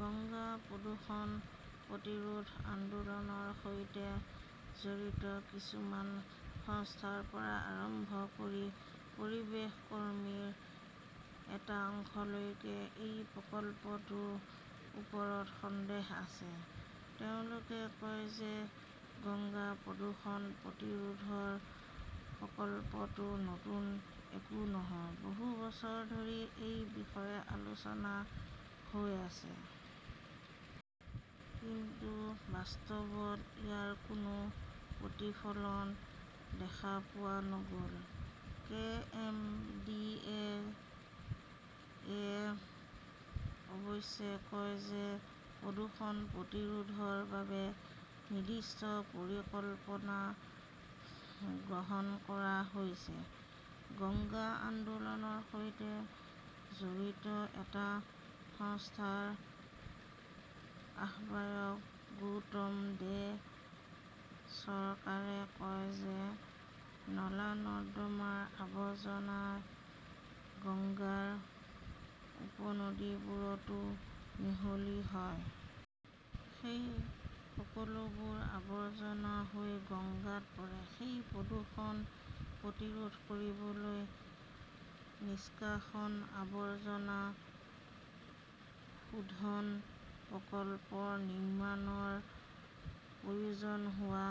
গংগা প্ৰদূষণ প্ৰতিৰোধ আন্দোলনৰ সৈতে জড়িত কিছুমান সংস্থাৰ পৰা আৰম্ভ কৰি পৰিৱেশ কৰ্মীৰ এটা অংশলৈকে এই প্ৰকল্পটোৰ ওপৰত সন্দেহ আছে। তেওঁলোকে কয় যে গংগা প্ৰদূষণ প্ৰতিৰোধৰ প্ৰকল্পটো নতুন একো নহয়। বহু বছৰ ধৰি এই বিষয়ে আলোচনা হৈ আহিছে। কিন্তু বাস্তৱত ইয়াৰ কোনো প্ৰতিফলন দেখা পোৱা নগল। কে. এম. ডি. এ. -য়ে অৱশ্যে কয় যে প্ৰদূষণ প্ৰতিৰোধৰ বাবে নিৰ্দিষ্ট পৰিকল্পনা গ্ৰহণ কৰা হৈছে। গংগা আন্দোলনৰ সৈতে জড়িত এটা সংস্থাৰ আহ্বায়ক গৌতম দে চৰকাৰে কয় যে নলা-নৰ্দমাৰ আৱৰ্জনা গংগাৰ উপনদীবোৰতো মিহলি হয়। সেই সকলোবোৰ আৱৰ্জনা গৈ গংগাত পৰে। সেই প্ৰদূষণ প্ৰতিৰোধ কৰিবলৈ নিষ্কাশন আৱৰ্জনা শোধন প্ৰকল্প নিৰ্মাণৰ প্ৰয়োজন হোৱা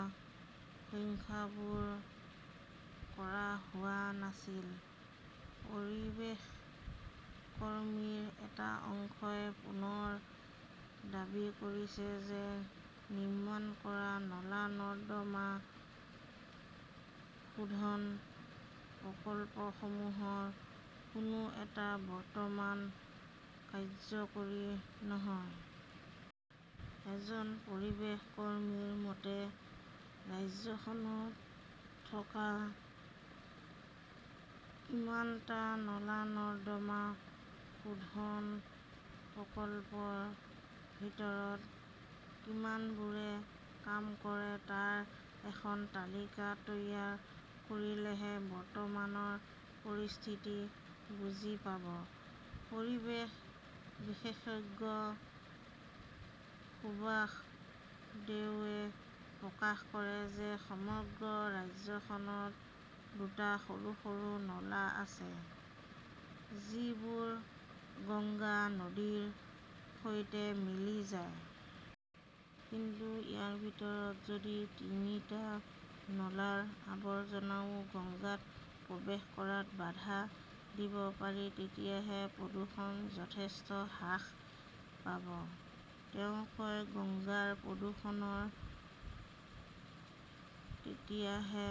সংখ্যাবোৰ কৰা হোৱা নাছিল। পৰিৱেশ কৰ্মীৰ এটা অংশই পুনৰ দাবী কৰিছে যে নিৰ্মাণ কৰা নলা-নৰ্দমা শোধন প্ৰকল্পসমূহৰ কোনো এটা বৰ্তমান কাৰ্যকৰী নহয়। এজন পৰিৱেশ কৰ্মীৰ মতে, ৰাজ্যখনত থকা কিমানটা নলা-নৰ্দমা শোধন প্ৰকল্পৰ ভিতৰত কিমানবোৰে কাম কৰে তাৰ এখন তালিকা তৈয়াৰ কৰিলেহে বৰ্তমানৰ পৰিস্থিতি বুজি পাব! পৰিৱেশ বিশেষজ্ঞ সুভাষ দত্তই প্ৰকাশ কৰে যে সমগ্ৰ ৰাজ্যখনত দুটা সৰু-সৰু নলা আছে যিবোৰ গংগা নদীৰ সৈতে মিলি যায়। কিন্তু ইয়াৰ ভিতৰত, যদি তিনিটা নলাৰ আৱৰ্জনাও গংগাত প্ৰৱেশ কৰাত বাধা দিব পাৰি, তেতিয়াহে প্ৰদূষণ যথেষ্ট হ্ৰাস পাব। তেওঁ কয়, গংগাৰ প্ৰদূষণৰ তেতিয়াহে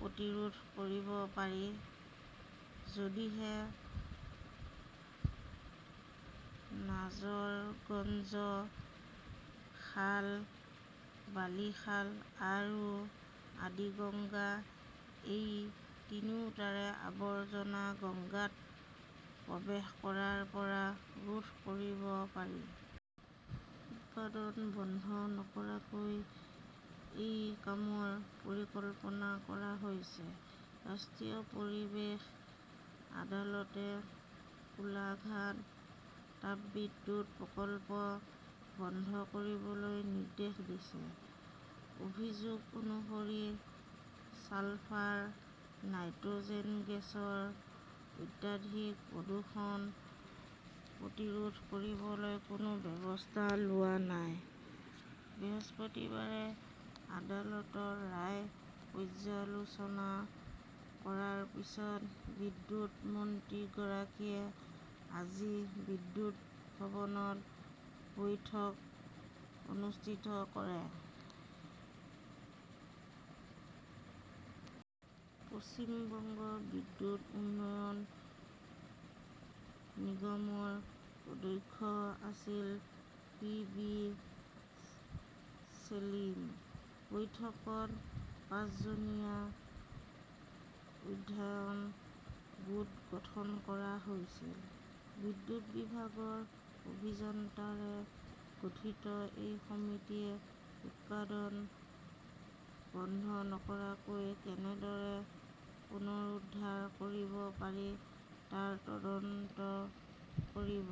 প্ৰতিৰোধ কৰিব পাৰি যদিহে নাজৰগঞ্জ খাল, বালিখাল আৰু আদিগঙ্গা এই তিনিওটাৰে আৱৰ্জনা গঙ্গাত প্ৰৱেশ কৰাৰ পৰা ৰোধ কৰিব পাৰি। উৎপাদন বন্ধ নকৰাকৈ এই কামৰ পৰিকল্পনা কৰা হৈছে। ৰাষ্ট্ৰীয় পৰিৱেশ আদালতে কোলাঘাট তাপবিদ্যুৎ প্ৰকল্প বন্ধ কৰিবলৈ নিৰ্দেশ দিছে, অভিযোগ অনুসৰি ছালফাৰ-নাইট্ৰজেন গেছৰ অত্যাধিক প্ৰদূষণ প্ৰতিৰোধ কৰিবলৈ কোনো ব্যৱস্থা লোৱা হোৱা নাই। বৃহস্পতিবাৰে আদালতৰ ৰায় পৰ্যালোচনা কৰাৰ পিছত বিদ্যুৎ মন্ত্ৰীগৰাকীয়ে আজি বিদ্যুৎ ভৱনত বৈঠক অনুষ্ঠিত কৰে। পশ্চিম বংগ বিদ্যুৎ উন্নয়ন নিগমৰ অধ্যক্ষ আছিল পি বি ছেলিম। বৈঠকত পাঁচজনীয়া 'অধ্যয়ন গোট গঠন কৰা হৈছিল। বিদ্যুৎ বিভাগৰ অভিযন্তাৰে গঠিত এই সমিতিয়ে উৎপাদন বন্ধ নকৰাকৈ কেনেদৰে পুনৰুদ্ধাৰ কৰিব পাৰি তাৰ তদন্ত কৰিব।